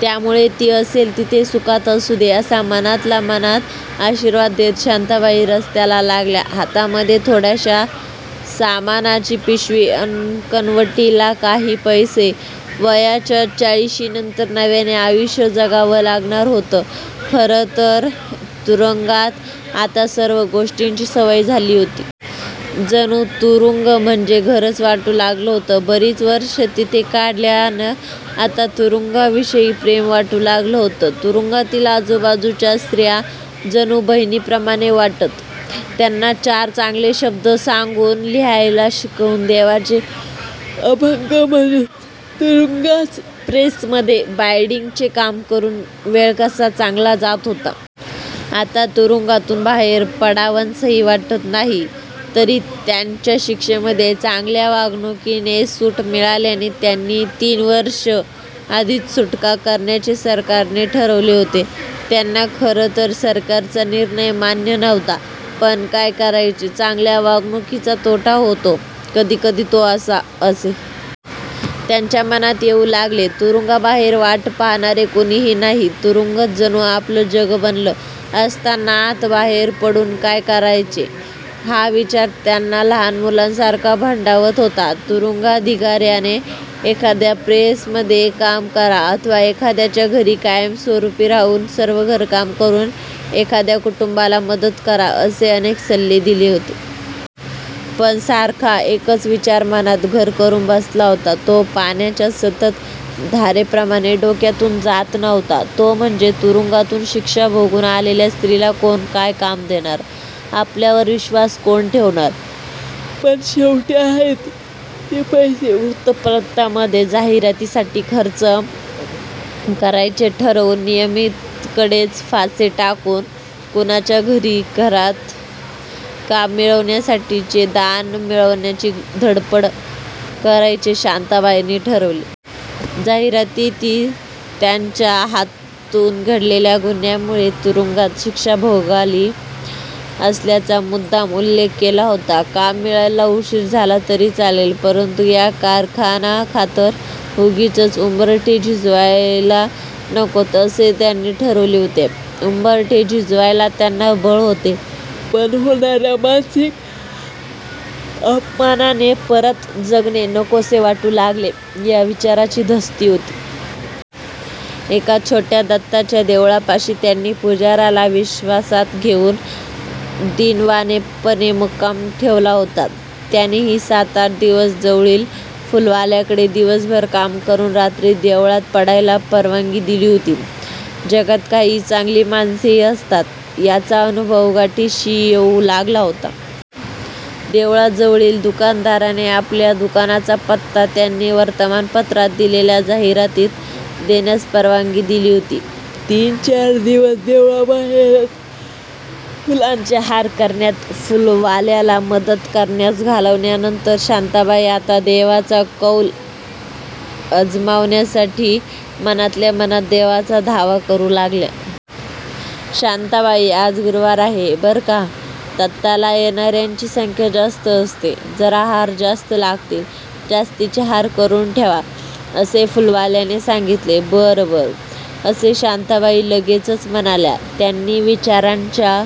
त्यामुळे ती असेल तिथे सुखात असू दे, असा मनातल्या मनात आशीर्वाद देत शांताबाई रस्त्याला लागल्या. हातामध्ये थोड्याशा सामानाची पिशवी अन् कनवटीला काही पैसे वयाच्या चाळीशीनंतर नव्याने आयुष्य जगावं लागणार होतं. खरंतर तुरुंगात आता सर्व गोष्टीची सवय झाली होती. जणू तुरुंग म्हणजे घरच वाटू लागलं होतं. बरीच वर्षे तिथं काढल्यानं आता तुरुंगाविषयी प्रेम वाटू लागलं होतं. तुरुंगातील आजूबाजूच्या स्त्रिया जणू बहिणीप्रमाणे वाटत. त्यांना चार चांगले शब्द सांगून, लिहायला शिकवून, देवाचे अभंग म्हणून, तुरुंगाच्या प्रेसमध्ये बाईंडिंगचे काम करून वेळ कसा चांगला जात होता. आता तुरुंगातून बाहेर पडावसंही वाटत नाही तरी त्यांच्या शिक्षेमध्ये चांगल्या वागणूकीने सूट मिळाल्याने त्यांनी तीन वर्षे आधीच सुटका करण्याचे सरकारने ठरवले होते. त्यांना खरंतर सरकारचा निर्णय मान्य नव्हता. पण काय करायचे? चांगल्या वागणुकीचा तोटा होतो कधी-कधी तो असा.असे त्यांच्या मनात येऊ लागले. तुरुंगाबाहेर वाट पहाणारे कोणीही नाही. तुरुंगच जणू आपलं जग बनलं असताना आत बाहेर पडून काय करायचे? हा विचार त्यांना लहान मुलासारखा भंडावत होता. तुरुंगाधिका-याने एखाद्या प्रेसमध्ये काम करा, अथवा एखाद्याच्या घरी कायमस्वरुपी राहून सर्व घरकाम करून एखाद्या कुटुंबाला मदत करा असे अनेक सल्ले दिले होते. पण सारखा एकच विचार मनांत घर करुन बसला होता, तो पाण्याच्या संतत धारेप्रमाणे डोक्यातून जात नव्हता, तो म्हणजे तुरुंगातून शिक्षा भोगून आलेल्या स्त्रीला कोण काय काम देणार? आपल्यावर विश्वास कोण ठेवणार? पण शेवटी आहेत ते पैसे व्रुत्तपत्रामध्ये जाहिरातीसाठी खर्च करायचे ठरवून, नियतीकडेच फासे टाकून कुणाच्या तरी घरात काम मिळवण्यासाठीचे दान मिळवण्याची घड्पड करायचे शांताबाईंनी ठरवले. जाहिरातीत त्यांच्या हातून घडलेल्या गुन्ह्यामुळे तुरुंगात शिक्षा भोगली असल्याचा मुद्दाम उल्लेख केला होता. काम मिळायला उशीर झाला तरी चालेल परंतु या कारणाखातर उगीचच उंबरठे झिजवायल नकोत असे त्यांनी ठरवले होते. उंबरठे झिजवायला त्यांना बळ होते पण होणा-या मानसिक अपमानाने परत जगणे नकोसे वाटू लागेल या विचाराची धास्ती होती. एका छोट्या दत्ताच्या देवळापाशी त्यांनी पुजा-याला विश्वासात घेऊन दीनवाणेपणे मुक्काम ठेवला होता. त्यानेही सात्-आठ दिवस जवळील फुलवाल्याकडे दिवसभर काम करुन रात्री देवळात पडायला परवानगी दिली होती. जगात काही चांगली माणसेही असतात याचा अनुभव गाठीशी येऊ लागला होता. देवळाजवळील दुकानदाराने आपल्या दुकानाचा पत्ता त्यांनी वर्तमानपत्रात दिलेल्या जाहिरातीत देण्यास परवानगी दिली होती. तीन्-चार दिवस देवळाबाहेरच फुलांचे हार करण्यात फुलवाल्याला मदत करण्यात घालवल्यानंतर शांताबाई आता दैवाचा कौल अजमावण्यासाठी मनातल्या मनात देवाचा धावा करु लागल्या. "शांताबाई, आज गुरुवार आहे. बरं का, दत्ताला येणा-यांची संख्या जास्त असते. जरा हार जास्त लागतील. जास्तीचे हार करुन ठेवा. " असे फुलवाल्याने सांगितले. "बरं-बरं " असे शांताबाई लगेचच म्हणाल्या. त्यांनी विचारांच्या--